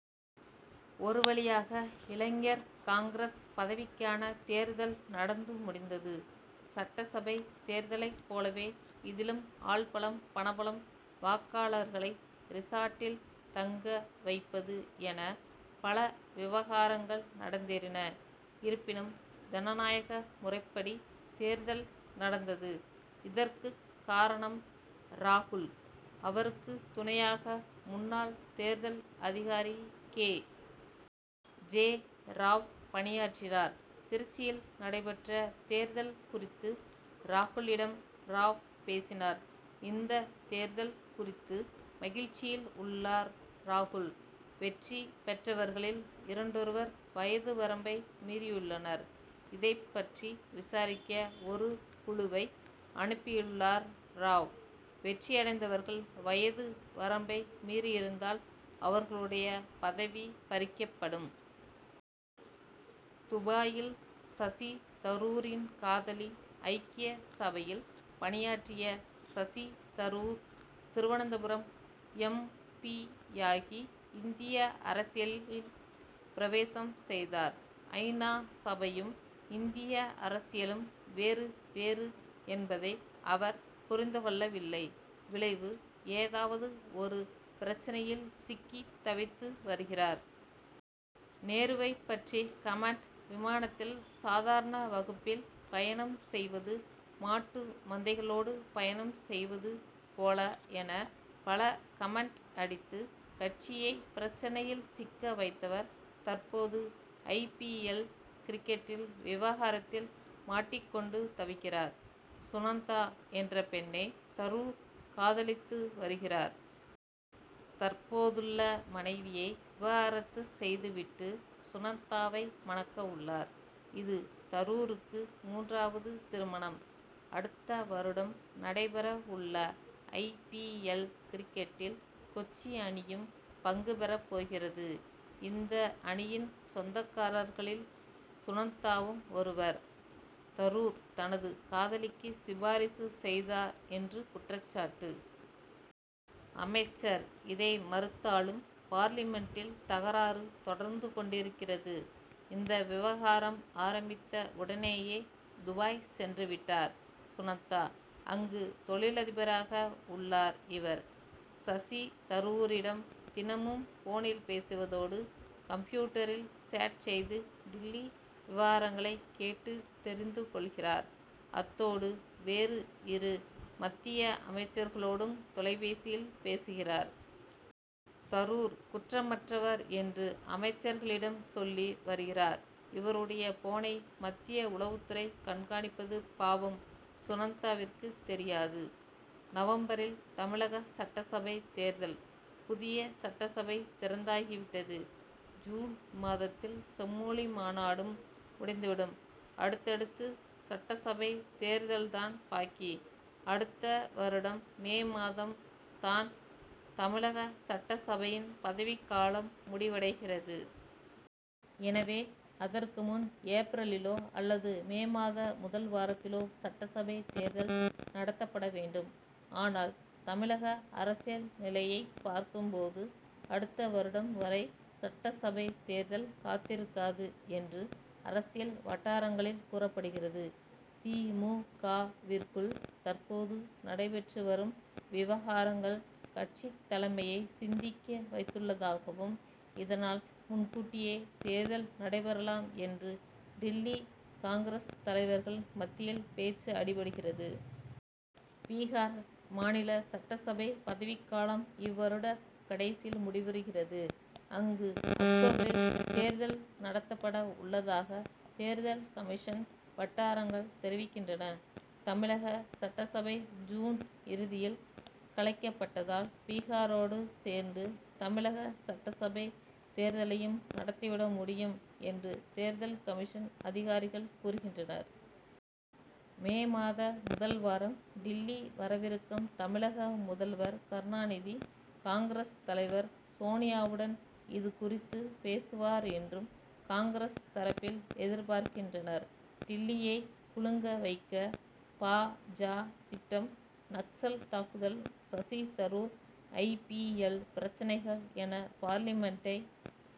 ஒரு வழியாக, இளைஞர் காங்கிரஸ் பதவிக்கான தேர்தல் நடந்து முடிந்தது. சட்டசபை தேர்தலைப் போலவே இதிலும், ஆள்பலம், பணபலம், வாக்காளர்களை ரிசார்ட்டில் தங்க வைப்பது என, பல விவகாரங்கள் நடந்தேறின. இருப்பினும், ஜனநாயக முறைப்படி தேர்தல் நடந்தது. இதற்குக் காரணம் ராகுல். அவருக்கு துணையாக, முன்னாள் தேர்தல் அதிகாரி கே. ஜே. ராவ் பணியாற்றினார். திருச்சியில் நடைபெற்ற, தேர்தல் குறித்து ராகுலிடம் ராவ் பேசினார். இந்த தேர்தல் குறித்து, மகிழ்ச்சியில் உள்ளார் ராகுல். வெற்றி பெற்றவர்களில் இரண்டொருவர், வயது வரம்பை மீறியுள்ளனர். இதைப் பற்றி விசாரிக்க ஒரு குழுவை, அனுப்பியுள்ளார் ராவ். வெற்றியடைந்தவர்கள் வயது வரம்பை மீறியிருந்தால், அவர்களுடைய பதவி பறிக்கப்படும். துபாயில் சசி தரூரின் காதலி ஐக்கிய சபையில் பணியாற்றிய சசி தரூர், திருவனந்தபுரம் எம். பி.,யாகி இந்திய அரசியலில் பிரவேசம் செய்தார். ஐ. நா., சபையும், இந்திய அரசியலும் வேறு, வேறு என்பதை அவர் புரிந்து கொள்ளவில்லை. விளைவு, ஏதாவது ஒரு பிரச்னையில் சிக்கி தவித்து வருகிறார். நேருவைப் பற்றி கமென்ட், விமானத்தில் சாதாரண வகுப்பில் பயணம் செய்வது, மாட்டு மந்தைகளோடு பயணம் செய்வது போல என, பல கமென்ட் அடித்து கட்சியை பிரச்னையில் சிக்க வைத்தவர். தற்போது, ஐ. பி. எல். கிரிக்கெட் விவகாரத்தில் மாட்டிக் கொண்டு தவிக்கிறார். சுனந்தா என்ற பெண்ணை, தரூர் காதலித்து வருகிறார். தற்போதுள்ள மனைவியை விவாகரத்து செய்துவிட்டு, சுனந்தாவை மணக்க உள்ளார். இது, தரூருக்கு மூன்றாவது திருமணம். அடுத்த வருடம் நடைபெற உள்ள ஐ. பி. எல்., கிரிக்கெட்டில் கொச்சி அணியும், பங்கு பெறப்போகிறது. இந்த அணியின் சொந்தக்காரர்களில், சுனந்தாவும் ஒருவர். தரூர் தனது காதலிக்கு, சிபாரிசு செய்தார் என்று, குற்றச்சாட்டு. அமைச்சர் இதை மறுத்தாலும், பார்லிமென்ட்டில் தகராறு தொடர்ந்து கொண்டிருக்கிறது. இந்த விவகாரம் ஆரம்பித்த உடனேயே, துபாய் சென்றுவிட்டார் சுனந்தா. அங்கு, தொழிலதிபராக உள்ளார் இவர். சசி தரூரிடமும் தினமும் போனில் பேசுவதோடு, கம்ப்யூட்டரில் சேட் செய்து டில்லி விவகாரங்களை கேட்டு தெரிந்து கொள்கிறார். அத்தோடு, வேறு இரு மத்திய அமைச்சர்களோடும் தொலைபேசியில் பேசுகிறார். தரூர் குற்றமற்றவர் என்று, அமைச்சர்களிடம் சொல்லி வருகிறார். இவருடைய போனை, மத்திய உளவுத் துறை கண்காணிப்பது, பாவம் சுனந்தாவிற்கு தெரியாது. நவம்பரில் தமிழக சட்டசபை தேர்தல்? புதிய சட்டசபை திறந்தாகிவிட்டது. ஜூன் மாதத்தில் செம்மொழி மாநாடும் முடிந்துவிடும். அடுத்தது சட்டசபைத் தேர்தல்தான் பாக்கி. அடுத்த வருடம் மே மாதம் தான், தமிழக சட்டசபையின் பதவிக்காலம் முடிவடைகிறது. எனவே, அதற்கு முன் ஏப்ரலிலோ அல்லது மே மாத முதல் வாரத்திலோ, சட்டசபை தேர்தல் நடத்தப்பட வேண்டும். ஆனால், தமிழக அரசியல் நிலையைப் பார்க்கும் போது, அடுத்த வருடம் வரை சட்டசபை தேர்தல் காத்திருக்காது என்று, அரசியல் வட்டாரங்களில் கூறப்படுகிறது. தி. மு. க.,விற்குள், தற்போது நடைபெற்று வரும் விவகாரங்கள், கட்சித் தலைமையை சிந்திக்க வைத்துள்ளதாகவும், இதனால், முன்கூட்டியே தேர்தல் நடைபெறலாம் என்று, டில்லி காங்கிரஸ் தலைவர்கள் மத்தியில் பேச்சு அடிபடுகிறது. பீகார் மாநில சட்டசபை பதவிக்காலம், இவ்வருட கடைசியில் முடிவுறுகிறது. அங்கு அக்டோபரில், தேர்தல் நடத்தப்பட உள்ளதாக, தேர்தல் கமிஷன் வட்டாரங்கள் தெரிவிக்கின்றன. தமிழக சட்டசபை ஜூன் இறுதியில் கலைக்கப்பட்டால், பீகாரோடு சேர்ந்து தமிழக சட்டசபை தேர்தலையும், நடத்தி விட முடியும் என்று, தேர்தல் கமிஷன் அதிகாரிகள் கூறுகின்றனர். மே மாத முதல் வாரம் டில்லி வரவிருக்கும் தமிழக முதல்வர் கருணாநிதி, காங்கிரஸ் தலைவர் சோனியாவுடன் இது குறித்து பேசுவார் என்றும், காங்கிரஸ் தரப்பில் எதிர்பார்க்கின்றனர். டில்லியை குலுங்க வைக்க பா. ஜ., திட்டம் நக்சல் தாக்குதல், Shashi Tharoor I. P. L., பிரச்னைகள் என பார்லிமென்ட்டை